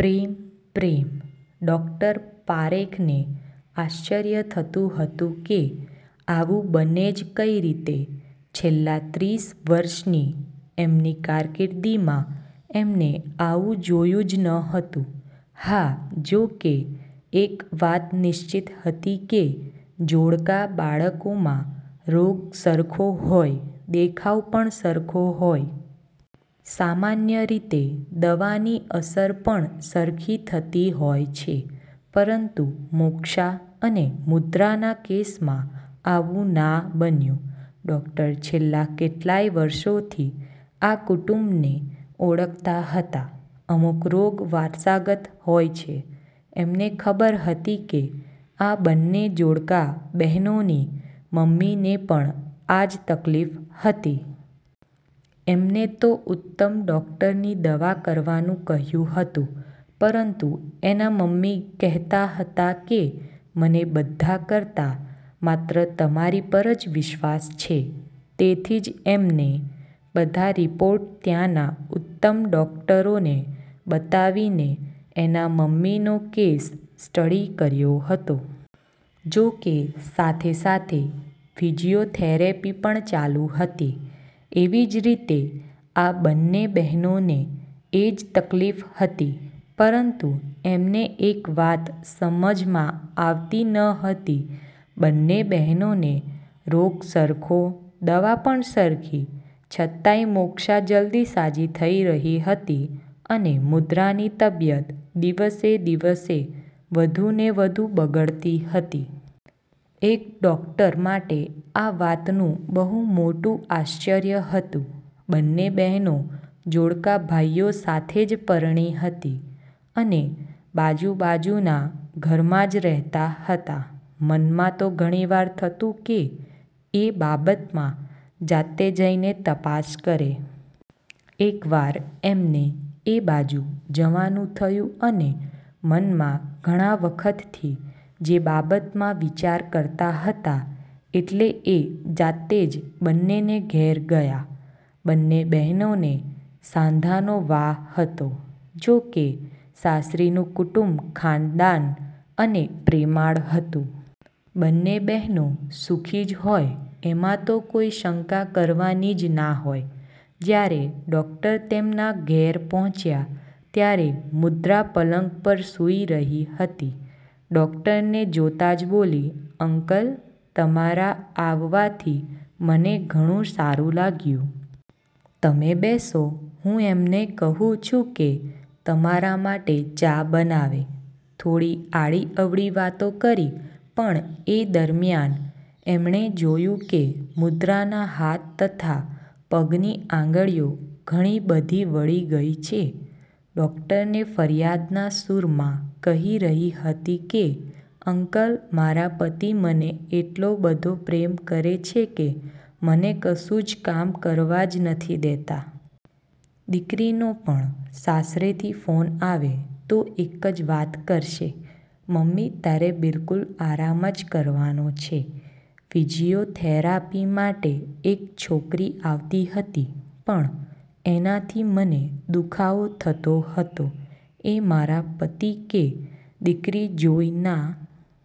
પ્રેમ, પ્રેમ! ડોક્ટર પારેખને આશ્ચર્ય થતું હતું કે આવું બને જ કઈ રીતે? છેલ્લા ત્રીસ વર્ષની એમની કારકિર્દીમાં એમને આવું જોયુ જ ન હતું. હા, જો કે એક વાત નિશ્ચિત હતી કે જોડકા બાળકોમાં રોગ સરખો હોય, દેખાવ પણ સરખો હોય. સામાન્ય રીતે દવાની અસર પણ સરખી થતી હોય છે. પરંતુ મોક્ષા અને મુદ્રાના કેસમાં આવું ના બન્યું. ડોક્ટર છેલ્લા કેટલાય વર્ષોથી આ કુટુંબને ઓળખતા હતા. અમુક રોગ વારસાગત હોય છે. એમને ખબર હતી કે આ બંને જોડકા બહેનોની મમ્મીને પણ આ જ તકલીફ હતી. એમને તો ઉત્તમ ડોક્ટરની દવા કરવાનું કહ્યું હતું પરંતુ એના મમ્મી કહેતા હતાં કે,"મને બધા કરતાં માત્ર તમારી પર જ વિશ્વાસ છે." તેથી જ એમને બધા રિપોર્ટ ત્યાંના ઉત્તમ ડોક્ટરોને બતાવીને એના મમ્મીનો કેસ સ્ટડી કર્યો હતો. જો કે સાથે-સાથે ફિજીયોથેરેપી પણ ચાલુ હતી. એવી જ રીતે આ બંને બહેનોને એ જ તકલીફ હતી. પરંતુ એમને એક વાત સમજમાં આવતી ન હતી, બંને બહેનોને રોગ સરખો, દવા પણ સરખી, છતાંય મોક્ષા જલ્દી સાજી થઈ રહી હતી અને મુદ્રાની તબિયત દિવસે-દિવસે વધુને વધુ બગડતી હતી. એક ડોક્ટર માટે આ વાતનું બહુ મોટું આશ્ચર્ય હતું. બંને બહેનો જોડકા ભાઈઓ સાથે જ પરણી હતી, અને બાજુ-બાજુના ઘરમાં જ રહેતા હતા. મનમાં તો ઘણીવાર થતું કે એ બાબતમાં જાતે જઈને તપાસ કરે. એકવાર એમને એ બાજુ જવાનું થયું અને મનમાં ઘણા વખતથી જે બાબતમાં વિચાર કરતા હતાં એટલે એ જાતે જ બંનેને ઘેર ગયા. બંને બહેનોને સાંધાનો વા હતો. જો કે સાસરીનું કુટુંબ ખાનદાન અને પ્રેમાળ હતું. બંને બહેનો સુખી જ હોય એમાં તો કોઈ શંકા કરવાની જ ના હોય. જ્યારે ડોક્ટર તેમના ઘેર પહોંચ્યા ત્યારે મુદ્રા પલંગ પર સૂઈ રહી હતી. ડોક્ટર ને જોતા જ બોલી,"અંકલ, તમારા આવવાથી મને ઘણું સારું લાગ્યું. તમે બેસો, હું એમને કહું છું કે તમારા માટે ચા બનાવે." થોડી આડીઅવળી વાતો કરી પણ એ દરમ્યાન એમણે જોયું કે મુદ્રાના હાથ તથા પગની આંગળીઓ ઘણી બધી વળી ગઈ છે. ડોક્ટરને ફરિયાદના સૂરમાં કહી રહી હતી કે, "અંકલ, મારા પતિ મને એટલો બધો પ્રેમ કરે છે કે મને કશું જ કામ કરવા જ નથી દેતાં. દીકરીનો પણ સાસરેથી ફોન આવે તો એક જ વાત કરશે, "મમ્મી, તારે બિલકુલ આરામ જ કરવાનો છે." ફિઝિયોથેરાપી માટે એક છોકરી આવતી હતી પણ એનાથી મને દુખાવો થતો હતો એ મારા પતિ કે દીકરી જોઈ ના